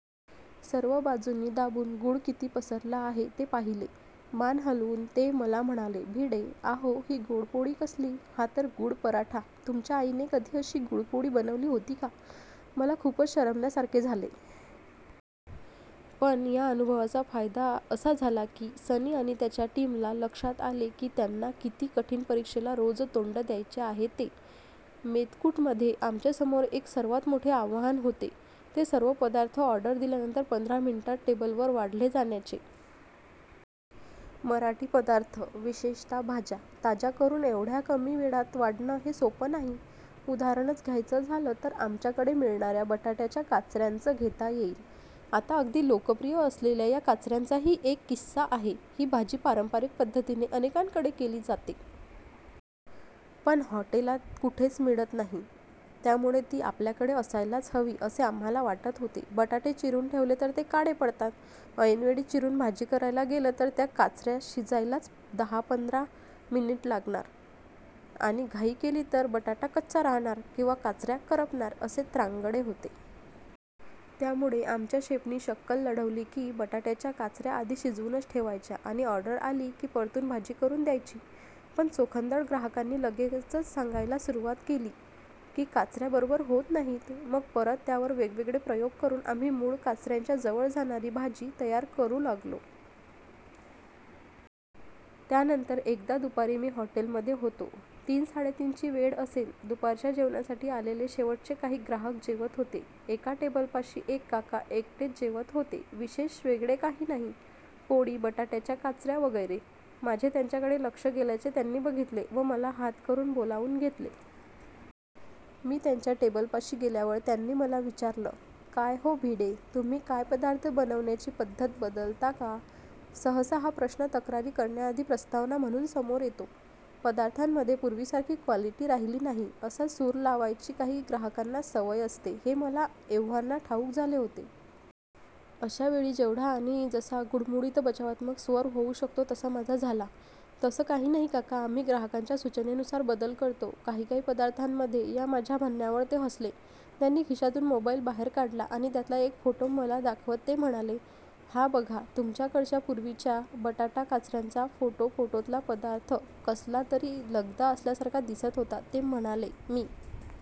सर्व बाजूनी दाबून गूळ किती पसरला आहे ते पाहिले. मान हलवून ते मला म्हणाले, भिडे, आहो ही गूळपोळी कसली? हा तर गूळपराठा! तुमच्या आईने कधी अशी गूळपोळी बनवली होती का? मला खूपच शरमल्यासारखे झाले. पण या अनुभवाचा फायदा असा झाला की सनी आणि त्याच्या टीमला लक्षात आले की त्यांना किती कठीण परीक्षेला रोज तोंड द्यायचे आहे ते. मेतकूटमध्ये आमच्यासमोर एक सर्वात मोठे आव्हान होते ते सर्व पदार्थ ऑर्डर दिल्यानंतर पंधरा मिनिटात टेबलवर वाढले जाण्याचे. मराठी पदार्थ, विशेषतः भाज्या, ताज्या करून एवढ्या कमी वेळात वाढणं हे सोपं नाही. उदाहरणच घ्यायचं झालं तर आमच्याकडे मिळणाऱ्या बटाट्याच्या काचऱ्यांचं घेता येईल. आता अगदी लोकप्रिय असलेल्या या काचऱ्यांचाही एक किस्सा आहे. ही भाजी पारंपरिक पद्धतीने अनेकांकडे केली जाते. पण हॉटेलात कुठेच मिळत नाही. त्यामुळे ती आपल्याकडे असायलाच हवी असे आम्हाला वाटत होते. बटाटे चिरून ठेवले तर ते काळे पडतात. ऐनवेळी चिरून भाजी करायला गेलं तर त्या काचऱ्या शिजायलाच दहापंधरा मिनिटं लागणार आणि घाई केली तर बटाटा कच्चा राहणार किंवा काचऱ्या करपणार असे त्रांगडे होते. त्यामुळे आमच्या शेफनी शक्कल लढवली की बटाट्याच्या काचऱ्या आधी शिजवूनच ठेवायच्या आणि ऑर्डर आली की परतून भाजी करून द्यायची. पण चोखंदळ ग्राहकांनी लगेचच सांगायला सुरुवात केली की काचऱ्या बरोबर होत नाहीत. मग परत त्यावर वेगवेगळे प्रयोग करून आम्ही मूळ काचऱ्यांच्या जवळ जाणारी भाजी तयार करू लागलो. त्यानंतर एकदा दुपारी मी हॉटेलमधे होतो. तीनसाडेतीनची वेळ असेल. दुपारच्या जेवणासाठी आलेले शेवटचे काही ग्राहक जेवत होते. एका टेबलपाशी एक काका एकटेच जेवत होते. विशेष वेगळे काही नाही. पोळी, बटाट्याच्या काचऱ्या वगैरे. माझे त्यांच्याकडे लक्ष गेल्याचे त्यांनी बघितले व मला हात करून बोलावून घेतले. मी त्यांच्या टेबलपाशी गेल्यावर त्यांनी मला विचारलं, काय हो भिडे, तुम्ही काय पदार्थ बनवण्याची पद्धत बदलता का? सहसा हा प्रश्न तक्रारी करण्याआधी प्रस्तावना म्हणून समोर येतो. 'पदार्थांमधे पुर्वीसारखी क्वालिटी राहीली नाही' असा सूर लावायची काही ग्राहकांना सवय असते हे मला एव्हाना ठाऊक झाले होते. अशावेळी जेवढा आणि जसा गुळमुळीत बचावात्मक स्वर होऊ शकतो तसा माझा झाला. तसं काही नाही काकाआम्ही ग्राहकाच्या सुचनेनुसार बदल करतो काही काही पदार्थांमधेया माझ्या म्हणण्यावर ते हसले. त्यांनी खिशातून मोबाईल बाहेर काढला आणि त्यातला एक फोटो मला दाखवत ते म्हणाले, हा बघा तुमच्याकडच्या पूर्वीच्या बटाटा काचऱ्यांचा फोटोफोटोतला पदार्थ कसला तरी लगदा असल्यासारखा दिसत होता. ते म्हणाले, मी